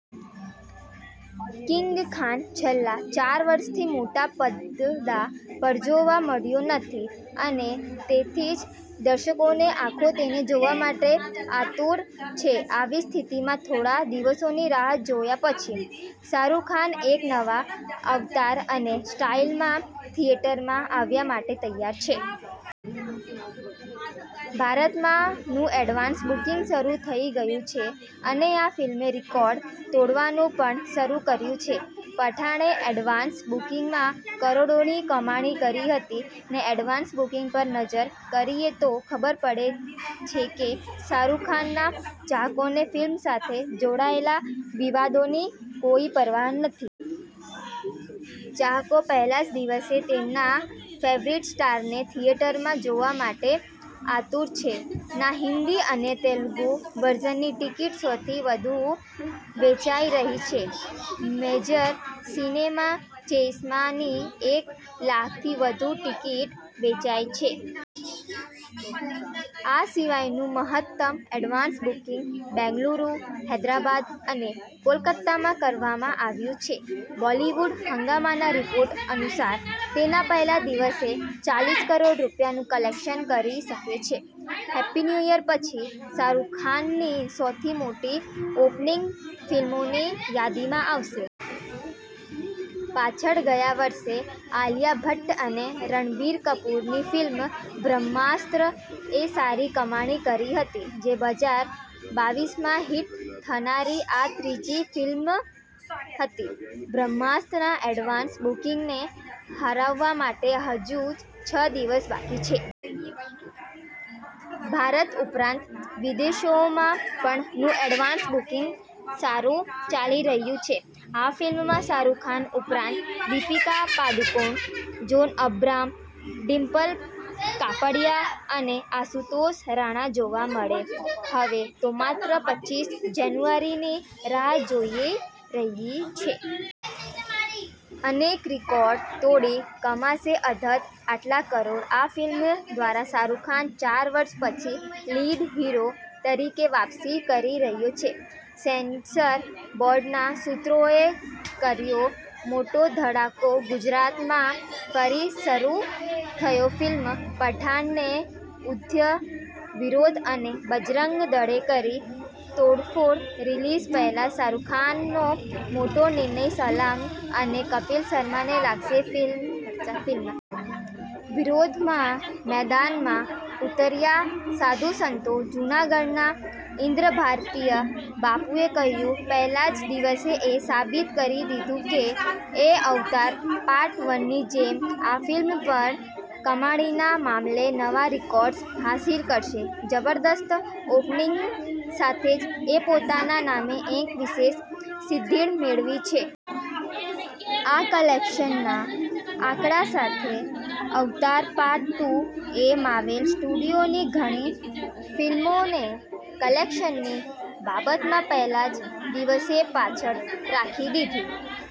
King Khan છેલ્લા ચાર વર્ષથી મોટા પડદા પરજોવા મળ્યો નથી. અને તેથીજ દર્શકોની આંખો તેને જોવા માટે આતુર છે. આવી સ્થિતિમાં, થોડા દિવસોની રાહ જોયા પછી, શાહરૂખ એક નવા અવતાર અને સ્ટાઈલમાં થિયેટરોમાં આવવા માટે તૈયાર છે. ભારતમાં નું એડવાન્સ બુકિંગ શરૂ થઈ ગયું છે અને આ ફિલ્મે રેકોર્ડ તોડવાનું પણ શરૂ કર્યું છે. પઠાણે એડવાન્સ બુકિંગમાં કરોડોની કમાણી કરી હતી ને એડવાન્સ બુકિંગ પર નજર કરીએ તો ખબર પડે છે કે શાહરૂખ ખાનના ચાહકોને ફિલ્મ સાથે જોડાયેલા વિવાદોની કોઈ પરવા નથી. ચાહકો પહેલા જ દિવસે તેમના ફેવરિટ સ્ટારને થિયેટરમાં જોવા માટે આતુર છે. ના હિન્દી અને તેલુગુ વર્ઝનની ટિકિટ સૌથી વધુ વેચાઈ રહી છે. મેજર સિનેમા ચેઈન્સમાં ની એક લાખથી વધુ ટિકિટ વેચાઈ છે. આ સિવાય નું મહત્તમ એડવાન્સ બુકિંગ બેંગલુરુ, હૈદરાબાદ અને કોલકાતામાં કરવામાં આવ્યું છે. બોલિવૂડ હંગામાના રિપોર્ટ અનુસાર, તેના પહેલા દિવસે ચાલીસ કરોડ રૂપિયાનું કલેક્શન કરી શકે છે. હેપ્પી ન્યૂ યર પછી, શાહરૂખ ખાનની સૌથી મોટી ઓપનિંગ ફિલ્મોની યાદીમાં આવશે. પાછળ ગયા વર્ષે આલિયા ભટ્ટ અને રણબીર કપૂરની ફિલ્મ 'બ્રહ્માસ્ત્ર' એ સારી કમાણી કરી હતી. બે હજાર બાવીસમાં હિટ થનારી આ ત્રીજી મોટી ફિલ્મ હતી. 'બ્રહ્માસ્ત્ર'ના એડવાન્સ બુકિંગને હરાવવા માટે હજુ છ દિવસ બાકી છે. ભારત ઉપરાંત વિદેશોમાં પણ નું એડવાન્સ બુકિંગ સારું ચાલી રહ્યું છે. આ ફિલ્મમાં શાહરૂખ ઉપરાંત દીપિકા પાદુકોણ, જોન અબ્રાહમ, ડિમ્પલ કાપડિયા અને આશુતોષ રાણા જોવા મળશે. હવે તો માત્ર પચીસ જાન્યુઆરીની રાહ જોવાઈ રહી છે. અનેક રેકોર્ડ તોડી કમાશે અધધ આટલા કરોડ. આ ફિલ્મ દ્વારા શાહરૂખ ચાર વર્ષ પછી લીડ હીરો તરીકે વાપસી કરી રહ્યો છે. સેન્સર બોર્ડના સુત્રોએ કર્યો મોટો ધડાકો ગુજરાતમાં ફરી શરુ થયો ફિલ્મ 'પઠાણ'નો ઉગ્ર વિરોધ, અને બજરંગ દળે કરી તોડફોડ રીલીઝ પહેલા જ શાહરૂખ ખાનનો મોટો નિર્ણય, સલમાન અને કપિલ શર્માને લાગશે મરચા. ફિલ્મના વિરોધમાં મેદાનમાં ઉતર્યા સાધુ-સંતો, જૂનાગઢના ઇન્દ્રભારતી બાપુએ કહ્યું. 'પહેલા જ દિવસે એ સાબિત કરી દીધું છે કે અવતાર પાર્ટ વનની જેમ આ ફિલ્મ પણ કમાણીના મામલે નવા રેકોર્ડ્સ હાંસિલ કરશે. જબરદસ્ત ઓપનિંગની સાથે જ એ પોતાના નામે એક વિશેષ સિદ્ધિ મેળવી છે. આ કલેક્શનના આંકડા સાથે અવતાર પાર્ટ ટુ એ માર્વેલ સ્ટુડિયોની ઘણી ફિલ્મોને કલેક્શનની બાબતમાં પહેલા જ દિવસે પાછળ રાખી દીધી.'